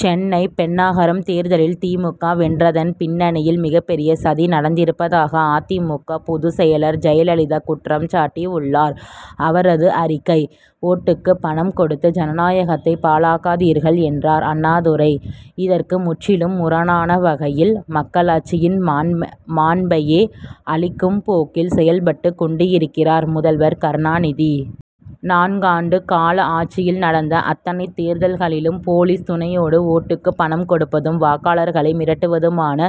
சென்னை பென்னாகரம் தேர்தலில் தி. மு. க. வென்றதன் பின்னணியில் மிகப் பெரிய சதி நடந்திருப்பதாக அ. தி. மு. க. பொதுச் செயலர் ஜெயலலிதா குற்றம்சாட்டி உள்ளார். அவரது அறிக்கை:ஓட்டுக்கு பணம் கொடுத்து ஜனநாயகத்தை பாழாக்காதீர்கள் என்றார் அண்ணாதுரை. இதற்கு முற்றிலும் முரணான வகையில் மக்களாட்சியின் மாண்ப மாண்பையே அழிக்கும் போக்கில் செயல்பட்டுக் கொண்டிருக்கிறார் முதல்வர் கருணாநிதி. நான்காண்டு கால ஆட்சியில் நடந்த அத்தனை தேர்தல்களிலும் போலீஸ் துணையோடு ஓட்டுக்கு பணம் கொடுப்பதும் வாக்காளர்களை மிரட்டுவதுமான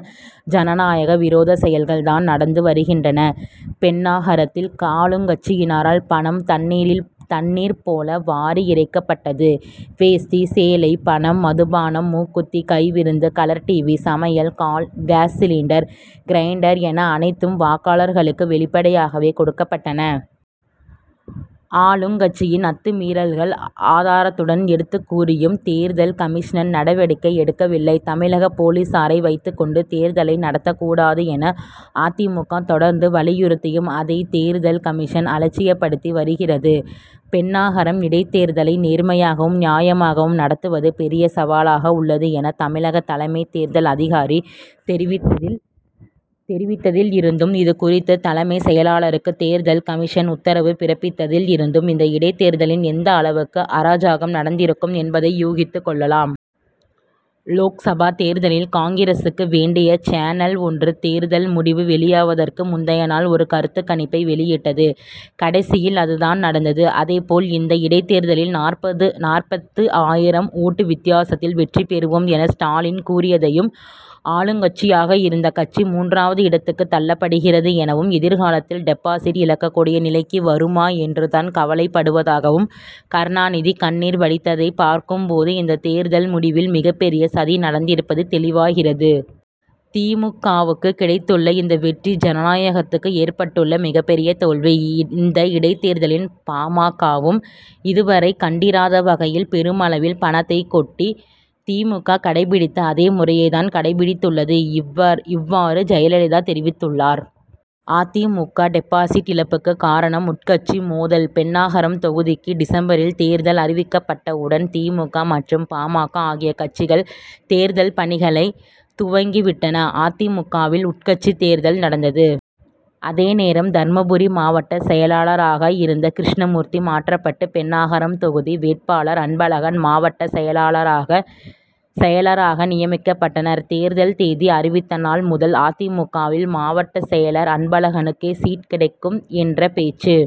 ஜனநாயக விரோதச் செயல்கள் தான் நடந்து வருகின்றன. பென்னாகரத்தில்காளுங்கட்சியினரால் பணம் தண்ணீர் போல வாரி இறைக்கப்பட்டது. வேட்டி, சேலை, பணம், மதுபானம், மூக்குத்தி, கறி விருந்து, கலர் டிவி சமையல் காஸ் சிலிண்டர் கிரைண்டர் என அனைத்தும் வாக்காளர்களுக்கு வெளிப்படையாகவே கொடுக்கப்பட்டன. ஆளுங்கட்சியின் அத்துமீறல்கள் ஆதாரத்துடன் எடுத்துக் கூறியும் தேர்தல் கமிஷன் நடவடிக்கை எடுக்கவில்லை. தமிழக போலீசாரை வைத்துக்கொண்டு தேர்தலை நடத்தக் கூடாது என அ. தி. மு. க தொடர்ந்து வலியுறுத்தியும் அதை தேர்தல் கமிஷன் அலட்சியப்படுத்தி வருகிறது. பென்னாகரம் இடைத்தேர்தலை நேர்மையாகவும் நியாயமாகவும் நடத்துவது பெரிய சவாலாக உள்ளது என தமிழகத் தலைமைத் தேர்தல் அதிகாரி தெரிவித்ததில் தெரிவித்ததில் இருந்தும் இதுகுறித்து தலைமைச் செயலாளருக்கு தேர்தல் கமிஷன் உத்தரவு பிறப்பித்ததில் இருந்தும் இந்த இடைத்தேர்தலில் எந்த அளவுக்கு அராஜகம் நடந்திருக்கும் என்பதை யூகித்துக் கொள்ளலாம். லோக்சபா தேர்தலில் காங்கிரசுக்கு வேண்டிய சேனல் ஒன்று தேர்தல் முடிவு வெளியாவதற்கு முந்தைய நாள் ஒரு கருத்துக் கணிப்பை வெளியிட்டது. கடைசியில் அது தான் நடந்தது. அதே போல இந்த இடைத்தேர்தலில் நாற்பது நாற்பத்துஆயிரம் ஓட்டு வித்தியாசத்தில் வெற்றி பெறுவோம் என ஸ்டாலின் கூறியதையும் ஆளுங்கட்சியாக இருந்த கட்சி மூன்றாவது இடத்துக்கு தள்ளப்படுகிறது எனவும் எதிர்காலத்தில் டிபாசிட் இழக்கக்கூடிய நிலைக்கு வருமா என்று தான் கவலைப்படுவதாகவும் கருணாநிதி கண்ணீர் வடித்ததையும் பார்க்கும் போது இந்தத் தேர்தல் முடிவில் மிகப் பெரிய சதி நடந்திருப்பது தெளிவாகிறது. தி. மு. க.வுக்கு கிடைத்துள்ள இந்த வெற்றி ஜனநாயகத்துக்கு ஏற்பட்டுள்ள மிகப் பெரிய தோல்வி. இந்த இடைத்தேர்தலில் பா. ம. க.வும் இதுவரை கண்டிராத வகையில் பெருமளவில் பணத்தைக் கொட்டி தி. மு. க. கடைபிடித்த அதே முறையைத் தான் கடைபிடித்துள்ளது. இவ்வார் இவ்வாறு ஜெயலலிதா தெரிவித்துள்ளார். அ. தி. மு. க. டிபாசிட் இழப்புக்கு காரணம் உட்கட்சி மோதல் பென்னாகரம் தொகுதிக்கு டிசம்பரில் தேர்தல் அறிவிக்கப்பட்டவுடன் தி. மு. க. மற்றும் பா. ம. க. ஆகிய கட்சிகள் தேர்தல் பணிகளை துவங்கி விட்டன. அ. தி. மு. க.வில் உட்கட்சி தேர்தல் நடந்தது. அதே நேரம் தர்மபுரி மாவட்ட செயலராக இருந்த கிருஷ்ணமூர்த்தி மாற்றப்பட்டு பென்னாகரம் தொகுதி வேட்பாளர் அன்பழகன் மாவட்டச் செயலளாராக செயலராக நியமிக்கப்பட்டார். தேர்தல் தேதி அறிவித்த நாள் முதல் அ. தி. மு. க.வில் மாவட்ட செயலர் அன்பழகனுக்கே சீட் கிடைக்கும் என்ற பேச்சு